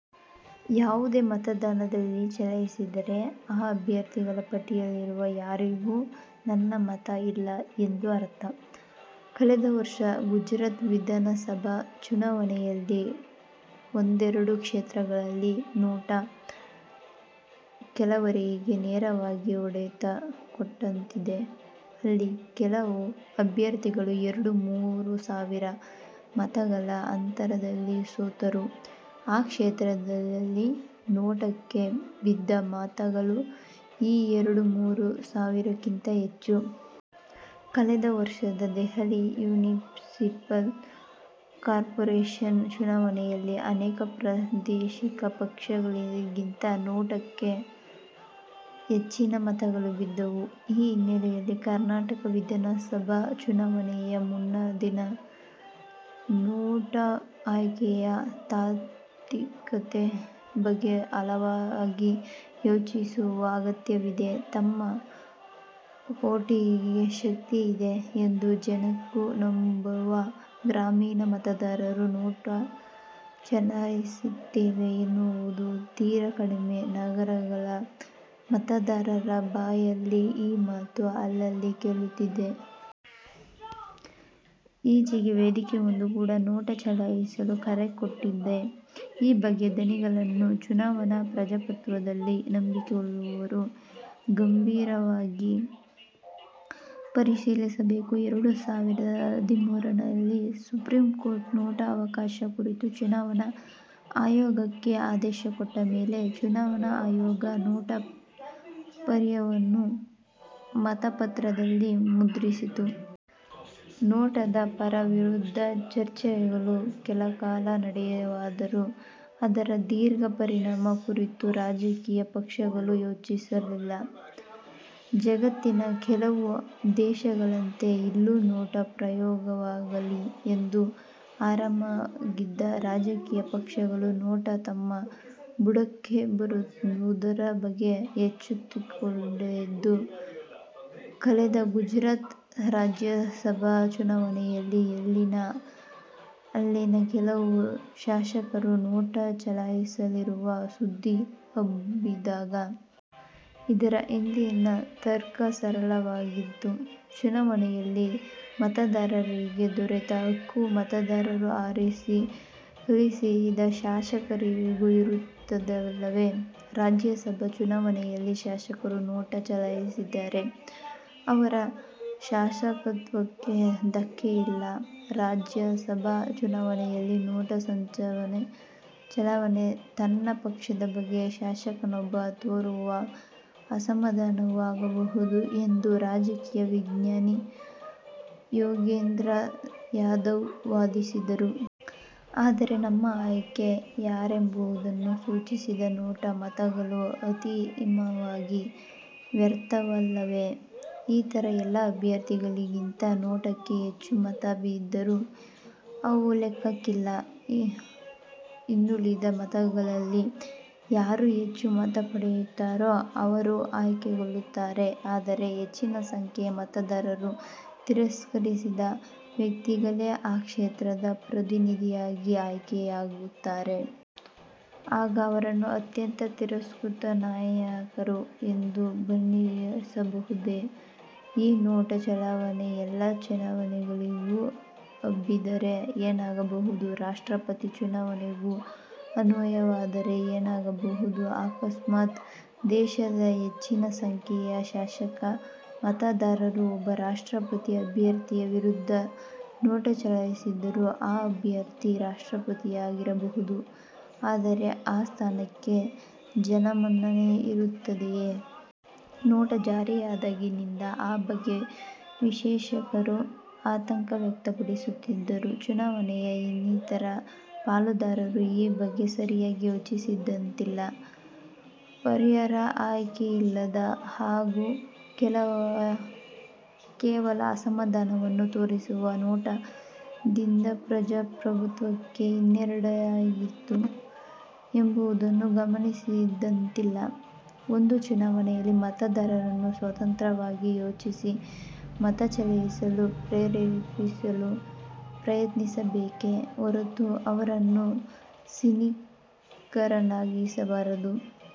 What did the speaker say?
ಯಾವುದೇ ಮತದಾನದಲ್ಲಿ ಚಲಾಯಿಸಿದರೆ, 'ಈ ಅಭ್ಯರ್ಥಿಗಳ ಪಟ್ಟಿಯಲ್ಲಿರುವ ಯಾರಿಗೂ ನನ್ನ ಮತ ಇಲ್ಲ' ಎಂದು ಅರ್ಥ. ಕಳೆದ ವರ್ಷದ ಗುಜರಾತ್ ವಿಧಾನಸಭಾ ಚುನಾವಣೆಯಲ್ಲಿ ಒಂದೆರಡು ಕ್ಷೇತ್ರಗಳಲ್ಲಿ 'ನೋಟಾ' ಕೆಲವರಿಗೆ ನೇರವಾಗೇ ಹೊಡೆತ ಕೊಟ್ಟಂತಿದೆ. ಅಲ್ಲಿ ಕೆಲವು ಅಭ್ಯರ್ಥಿಗಳು ಎರಡು– ಮೂರು ಸಾವಿರ ಮತಗಳ ಅಂತರದಲ್ಲಿ ಸೋತರು; ಆ ಕ್ಷೇತ್ರಗಳಲ್ಲಿ 'ನೋಟಾ'ಕ್ಕೆ ಬಿದ್ದ ಮತಗಳು ಈ ಎರಡು– ಮೂರು ಸಾವಿರಕ್ಕಿಂತ ಹೆಚ್ಚು! ಕಳೆದ ವರ್ಷದ ದೆಹಲಿಯ ಮುನಿಸಿಪಲ್ ಕಾರ್ಪೊರೇಷನ್ ಚುನಾವಣೆಯಲ್ಲಿ ಅನೇಕ ಪ್ರಾದೇಶಿಕ ಪಕ್ಷಗಳಿಗಿಂತ 'ನೋಟಾ'ಕ್ಕೆ ಹೆಚ್ಚಿನ ಮತಗಳು ಬಿದ್ದವು. ಈ ಹಿನ್ನೆಲೆಯಲ್ಲಿ ಕರ್ನಾಟಕ ವಿಧಾನಸಭಾ ಚುನಾವಣೆಯ ಮುನ್ನಾ ದಿನ 'ನೋಟಾ' ಆಯ್ಕೆಯ ತಾತ್ವಿಕತೆಯ ಬಗ್ಗೆ ಆಳವಾಗಿ ಯೋಚಿಸುವ ಅಗತ್ಯವಿದೆ. ತಮ್ಮ ವೋಟಿಗೆ ಶಕ್ತಿಯಿದೆ ಎಂದು ನಿಜಕ್ಕೂ ನಂಬುವ ಗ್ರಾಮೀಣ ಮತದಾರರು 'ನೋಟಾ' ಚಲಾಯಿಸುತ್ತೇವೆ ಎನ್ನವುದು ತೀರಾ ಕಡಿಮೆ; ನಗರಗಳ ಮತದಾರರ ಬಾಯಲ್ಲಿ ಈ ಮಾತು ಅಲ್ಲಲ್ಲಿ ಕೇಳುತ್ತಿದೆ. ಈಚೆಗೆ ವೇದಿಕೆಯೊಂದು ಕೂಡ 'ನೋಟಾ' ಚಲಾಯಿಸಲು ಕರೆ ಕೊಟ್ಟಿದೆ. ಈ ಬಗೆಯ ದನಿಗಳನ್ನು ಚುನಾವಣಾ ಪ್ರಜಾಪ್ರಭುತ್ವದಲ್ಲಿ ನಂಬಿಕೆಯುಳ್ಳವರು ಗಂಭೀರವಾಗಿ ಪರಿಶೀಲಿಸಬೇಕು. ಎರಡು ಸಾವಿರದ ಹದಿಮೂರರಲ್ಲಿ ಸುಪ್ರೀಂ ಕೋರ್ಟು, 'ನೋಟಾ' ಅವಕಾಶ ಕುರಿತು ಚುನಾವಣಾ ಆಯೋಗಕ್ಕೆ ಆದೇಶ ಕೊಟ್ಟ ಮೇಲೆ ಚುನಾವಣಾ ಆಯೋಗ 'ನೋಟಾ' ಪರ್ಯಾಯವನ್ನು ಮತಪತ್ರದಲ್ಲಿ ಮುದ್ರಿಸಿತು. 'ನೋಟಾ'ದ ಪರ, ವಿರೋಧ ಚರ್ಚೆಗಳು ಕೆಲಕಾಲ ನಡೆದವಾದರೂ ಅದರ ದೀರ್ಘ ಪರಿಣಾಮ ಕುರಿತು ರಾಜಕೀಯ ಪಕ್ಷಗಳು ಯೋಚಿಸಲಿಲ್ಲ. ಜಗತ್ತಿನ ಕೆಲವು ದೇಶಗಳಂತೆ ಇಲ್ಲೂ 'ನೋಟಾ' ಪ್ರಯೋಗವಾಗಲಿ ಎಂದು ಆರಾಮಾಗಿದ್ದ ರಾಜಕೀಯ ಪಕ್ಷಗಳು 'ನೋಟಾ' ತಮ್ಮ ಬುಡಕ್ಕೇ ಬರುತ್ತಿರುವುದರ ಬಗ್ಗೆ ಎಚ್ಚೆತ್ತುಕೊಂಡಿದ್ದು ಕಳೆದ ಗುಜರಾತ್ ರಾಜ್ಯಸಭಾ ಚುನಾವಣೆಯಲ್ಲಿ; ಅಲ್ಲಿನ ಕೆಲವು ಶಾಸಕರು 'ನೋಟಾ' ಚಲಾಯಿಸಲಿರುವ ಸುದ್ದಿ ಹಬ್ಬಿದಾಗ. ಇದರ ಹಿಂದಿನ ತರ್ಕ ಸರಳವಾಗಿತ್ತು: ಚುನಾವಣೆಯಲ್ಲಿ ಮತದಾರರಿಗೆ ದೊರೆತ ಹಕ್ಕು, ಮತದಾರರು ಆರಿಸಿ ಕಳಿಸಿದ ಶಾಸಕರಿಗೂ ಇರುತ್ತದಲ್ಲವೇ? ರಾಜ್ಯಸಭಾ ಚುನಾವಣೆಯಲ್ಲಿ ಶಾಸಕರು 'ನೋಟಾ' ಚಲಾಯಿಸಿದರೆ ಅವರ ಶಾಸಕತ್ವಕ್ಕೆ ಧಕ್ಕೆಯಿಲ್ಲ. 'ರಾಜ್ಯಸಭಾ ಚುನಾವಣೆಯಲ್ಲಿ 'ನೋಟಾ' ಚಲಾವಣೆ ತನ್ನ ಪಕ್ಷದ ಬಗ್ಗೆ ಶಾಸಕನೊಬ್ಬ ತೋರುವ ಅಸಮಾಧಾನವೂ ಆಗಬಹುದು' ಎಂದು ರಾಜಕೀಯ ವಿಜ್ಞಾನಿ ಯೋಗೇಂದ್ರ ಯಾದವ್ ವಾದಿಸಿದ್ದರು. ಆದರೆ, ನಮ್ಮ ಆಯ್ಕೆ ಯಾರೆಂಬುದನ್ನು ಸೂಚಿಸದ 'ನೋಟಾ' ಮತಗಳು ಅಂತಿಮವಾಗಿ ವ್ಯರ್ಥವಲ್ಲವೇ? ಇತರ ಎಲ್ಲ ಅಭ್ಯರ್ಥಿಗಳಿಗಿಂತ 'ನೋಟಾ'ಕ್ಕೆ ಹೆಚ್ಚು ಮತ ಬಿದ್ದರೂ ಅವು ಲೆಕ್ಕಕ್ಕಿಲ್ಲ. ಇನ್ನುಳಿದ ಮತಗಳಲ್ಲಿ ಯಾರು ಹೆಚ್ಚು ಮತ ಪಡೆಯುತ್ತಾರೋ ಅವರು ಆಯ್ಕೆಯಾಗುತ್ತಾರೆ. ಅಂದರೆ ಹೆಚ್ಚಿನ ಸಂಖ್ಯೆಯ ಮತದಾರರು ತಿರಸ್ಕರಿಸಿದ ವ್ಯಕ್ತಿಗಳೇ ಆ ಕ್ಷೇತ್ರದ ಪ್ರತಿನಿಧಿಯಾಗಿ ಆಯ್ಕೆ ಯಾಗುತ್ತಾರೆ. ಆಗ ಅವರನ್ನು 'ಅತ್ಯಂತ ತಿರಸ್ಕೃತ ನಾಯಕರು' ಎಂದು ಬಣ್ಣಿಸಬಹುದೇ! ಈ ನೋಟಾ ಚಲಾವಣೆ ಎಲ್ಲ ಚುನಾವಣೆಗಳಿಗೂ ಹಬ್ಬಿದರೆ ಏನಾಗಬಹುದು? ರಾಷ್ಟ್ರಪತಿ ಚುನಾವಣೆಗೂ ಅನ್ವಯವಾದರೆ ಏನಾಗಬಹುದು? ಅಕಸ್ಮಾತ್ ದೇಶದ ಹೆಚ್ಚಿನ ಸಂಖ್ಯೆಯ ಶಾಸಕ ಮತದಾರರು ಒಬ್ಬ ರಾಷ್ಟ್ರಪತಿ ಅಭ್ಯರ್ಥಿಯ ವಿರುದ್ಧ 'ನೋಟಾ' ಚಲಾಯಿಸಿದರೂ ಆ ಅಭ್ಯರ್ಥಿ ರಾಷ್ಟ್ರಪತಿಯಾಗಬಹುದು; ಆದರೆ ಆ ಸ್ಥಾನಕ್ಕೆ ಜನಮನ್ನಣೆ ಇರುತ್ತದೆಯೇ? 'ನೋಟಾ' ಜಾರಿಯಾದಾಗಿನಿಂದ ಆ ಬಗ್ಗೆ ವಿಶ್ಲೇಷಕರು ಆತಂಕ ವ್ಯಕ್ತಪಡಿಸುತ್ತಿದ್ದರೂ ಚುನಾವಣೆಯ ಇನ್ನಿತರ ಪಾಲುದಾರರು ಈ ಬಗ್ಗೆ ಸರಿಯಾಗಿ ಯೋಚಿಸಿದಂತಿಲ್ಲ. ಪರ್ಯಾಯ ಆಯ್ಕೆಯಿಲ್ಲದ ಹಾಗೂ ಕೇವಲ ಅಸಮಾಧಾನವನ್ನು ತೋರಿಸುವ 'ನೋಟಾ'ದಿಂದಪ್ರಜಾಪ್ರಭುತ್ವಕ್ಕೆ ಹಿನ್ನಡೆಯಾದೀತು ಎಂಬುದನ್ನು ಗಮನಿಸಿದಂತಿಲ್ಲ. ಒಂದು ಚುನಾವಣೆಯಲ್ಲಿ ಮತದಾರರನ್ನು ಸ್ವತಂತ್ರವಾಗಿ ಯೋಚಿಸಿ ಮತ ಚಲಾಯಿಸಲು ಪ್ರೇರೇಪಿಸಲು ಪ್ರಯತ್ನಿಸಬೇಕೇ ಹೊರತು ಅವರನ್ನು ಸಿನಿಕರನ್ನಾಗಿಸಬಾರದು.